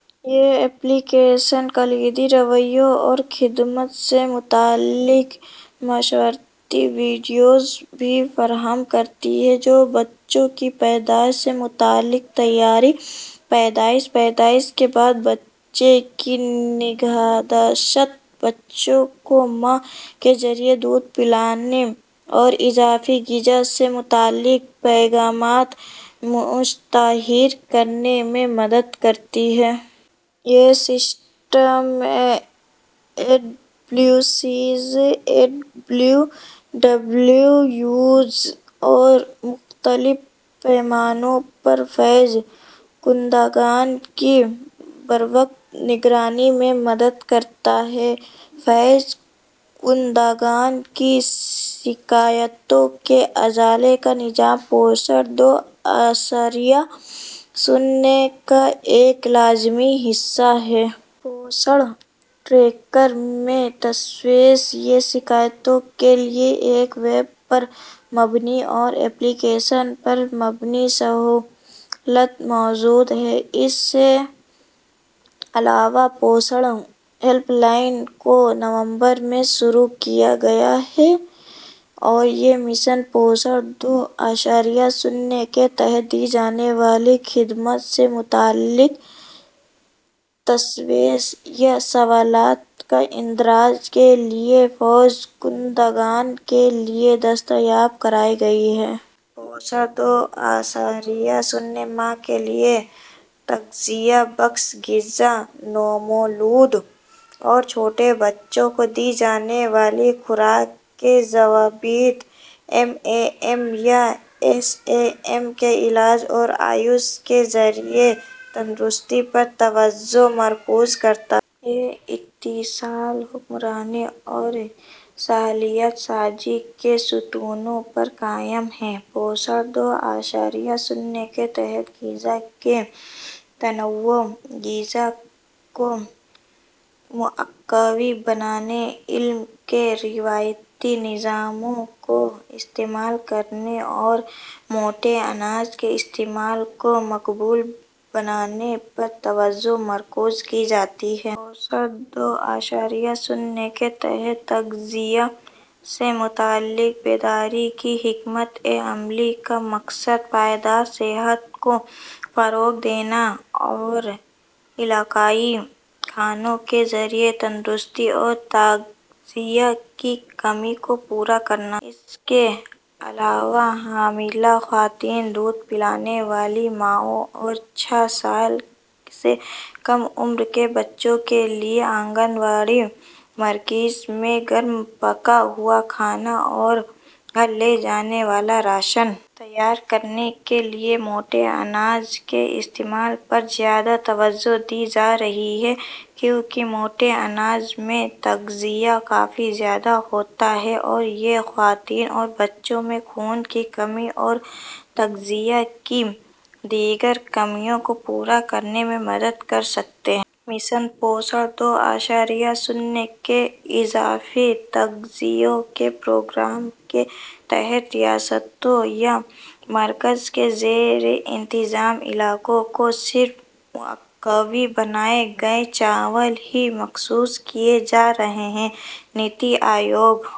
یہ application کلیدی رویوں اور خدمات سے متعلق مشاورتی ویڈیوز بھی فراہم کرتی ہے، جو بچوں کی پیدائش سے متعلق تیاری، پیدائش، پیدائش کے بعد بچے کی نگہداشت، بچوں کو ماں کے ذریعے دودھ پلانے اور اضافی خوراک سے متعلق پیغامات مشتہر کرنے میں مدد کرتی ہے۔ یہ system A W Cs, A W ڈبلیوز اور مختلف پیمانوں پر فیض کنندگان کی بروقت نگرانی میں مدد کرتا ہے۔ فیض کنندگان کی شکایتوں کے ازالے کا نظام پوشن دو اعشاریہ صفر کا ایک لازمی حصہ ہے۔ پوشن ٹریکر میں تشویش یا شکایتوں کے لیے ایک ویب پر مبنی اور ایپلی کیشن پر مبنی سہولت موجود ہے۔ اس کے علاوہ پوشن ہیلپ لائن کو نومبر میں شروع کیا گیا ہے اور یہ مشن پوشن دو اعشاریہ صفر کے تحت دی جانے والی خدمات سے متعلق تشویش یا سوالات کے اندراج کے لیے فیض کنندگان کے لیے دستیاب کرائی گئی ہے۔ پوشن دو اعشاریہ صفر ماں کے لیے تغذیہ بخش غذا، نومولود اور چھوٹے بچوں کو دی جانے والی خوراک کے ضابطوں، ایم اے ایم یا ایس اے ایم کے علاج اور آیوش کے ذریعے تندرستی پر توجہ مرکوز کرتا ہے۔ یہ اتصال، حکمرانی اور صلاحیت سازی کے ستونوں پر قائم ہے۔ پوشن دو اعشاریہ صفر کے تحت خوراک کے تنوع، خوراک کو مقوی بنانے، علم کے روایتی نظاموں کو استعمال کرنے اور موٹے اناج کے استعمال کو مقبول بنانے پر توجہ مرکوز کی جاتی ہے۔ پوشن دو اعشاریہ صفر کے تحت تغذیہ سے متعلق بیداری کی حکمت عملی کا مقصد پائیدار صحت کو فروغ دینا اور علاقائی کھانوں کے ذریعے تندرستی اور تغذیہ کی کمی کو پورا کرنا ہے۔ اس کے علاوہ حاملہ خواتین، دودھ پلانے والی ماؤں اور چھ سال سے کم عمر کے بچوں کے لیے آنگن واڑی مراکز میں گرم پکا ہوا کھانا اور گھر لے جانے والا راشن تیار کرنے کے لیے موٹے اناج کے استعمال پر زیادہ توجہ دی جا رہی ہے، کیونکہ موٹے اناج میں تغذیہ کافی زیادہ ہوتا ہے اور یہ خواتین اور بچوں میں خون کی کمی اور تغذیہ کی دیگر کمیوں کو پورا کرنے میں مدد کر سکتے ہیں۔ مشن پوشن دو اعشاریہ صفر کے اضافی تغذیے کے پروگرام کے تحت ریاستوں یا مرکز کے زیر انتظام علاقوں کو صرف مقوی بنائے گئے چاول ہی مختص کیے جا رہے ہیں۔ نیتی آیوگ